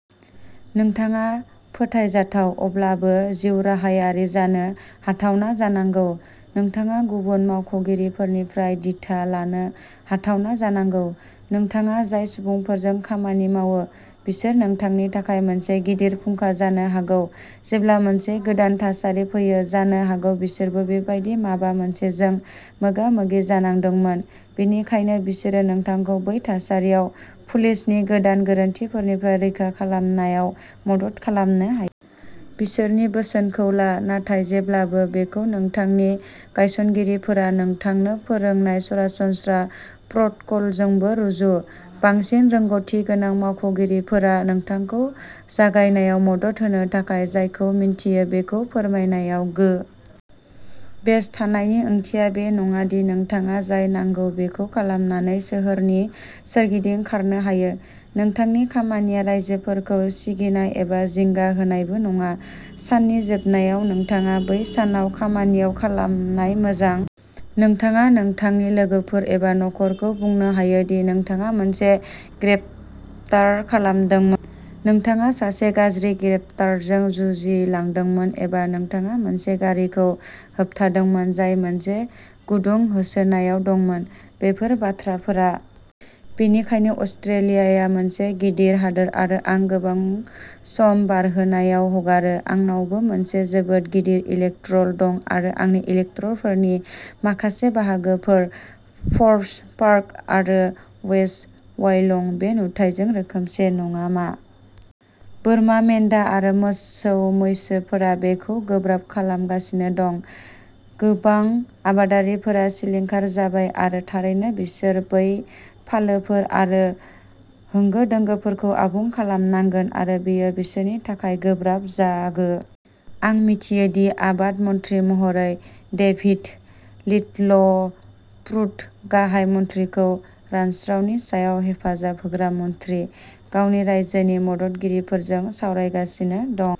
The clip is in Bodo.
नोंथाङा फोथायजाथाव, अब्लाबो जिउराहायारि जानो हाथावना जानांगौ। नोंथाङा गुबुन मावख'गिरिफोरनिफ्राय दिथा लानो हाथावना जानांगौ। नोंथाङा जाय सुबुंफोरजों खामानि मावो, बिसोर नोंथांनि थाखाय मोनसे गिदिर फुंखा जानो हागौ। जेब्ला मोनसे गोदान थासारि फैयो, जानो हागौ बिसोरबो बेबादि माबा मोनसेजों मोगा-मोगि जानांदोंमोन, बेनिखायनो बिसोर नोंथांखौ बै थासारियाव पुलिसनि गोदान गोरोन्थिफोरनिफ्राय रैखा खालामनायाव मदद खालामनो हायो। बिसोरनि बोसोनखौ ला, नाथाय जेब्लाबो बेखौ नोंथांनि नायसंगिरिफोरा नोंथांनो फोरोंनाय सरासनस्रा प्रट'कलजोंबो रुजु। बांसिन रोंग'थिगोनां मावख'गिरिफोरा नोंथांखौ जागायनायाव मदद होनो थाखाय जायखौ मिन्थियो बेखौ फोरमायनायाव गोग्गायो। सासे गोदान आयेन बाहायग्रा मावख'गिरिनि थाखाय गुरै आखुथाया मोनसे गाहाय गुन। बेज थानायनि ओंथिया बे नङा दि नोंथाङा जाय नांगौ बेखौ खालामनानै सोहोरनि सोरगिदिं खारनो हायो। नोंथांनि खामानिया राइजोफोरखौ सिगिनाय एबा जिंगा होनायबो नङा। साननि जोबनायाव, नोंथाङा बै सानाव खामानियाव खालामनाय मोजां खामानिफोरनि बागै गोग्गानो हायो। नोंथाङा नोंथांनि लोगोफोर एबा नखरखौ बुंनो हायो दि नोंथाङा मोनसे ग्रेप्तार खालामदोंमोन, नोंथाङा सासे गाज्रि ग्रेप्तारजों जुजिलांदोंमोन, एबा नोंथाङा मोनसे गारिखौ होबथायदोंमोन जाय मोनसे गुदुं होसोनायाव दंमोन। बेफोर बाथ्राफोरा जोबोद मोजां। बेयो एसेबां गोबाव सम सिगां नङामोन दि आं साहा कुइन्सलेन्डआव दंमोन, जेराव रायजोनि खावसे बाहागोआ अर खामदोंमोन। बेनिखायनो अस्ट्रेलियाया मोनसे गिदिर हादोर आरो आं गोबां सम बारहोनायाव हगारो। आंनावबो मोनसे जोबोद गिदिर इलेक्ट'र दं आरो आंनि इलेक्ट'रफोरनि माखासे बाहागोफोर-फोर्ब्स, पार्कस आरो वेस्ट व्यालं-बे नुथाइजों रोखोमसे नङा मानोना बिसोर बेगें गोरान। बोरमा मेन्दा आरो मोसौ-मैसोफोरा बेखौ गोब्राब खालामगासिनो दं। गोबां आबादारिफोरा सिलिंखार जाबाय आरो थारैनो बिसोर बै फालोफोर आरो होंगो-दोंगोफोरखौ आबुं खालामनांगोन आरो बेयो बिसोरनि थाखाय गोब्राब जागोन। नाथाय बेयो फिसा फालांगिफोरनि थाखायबो गोब्राब जाय थोंजों एबा खेंसालियायै मोजां मावनो थाखाय आबादनि सायाव सोनारो। आं मिथियो दि आबाद मन्थ्रि महरै डेभिड लिटलप्रुड, गाहाय मन्थ्रिखौ रानस्रावनि सायाव हेफाजाब होग्रा मन्थ्रि, गावनि रायजोनि मददगिरिफोरजों सावरायगासिनो दं।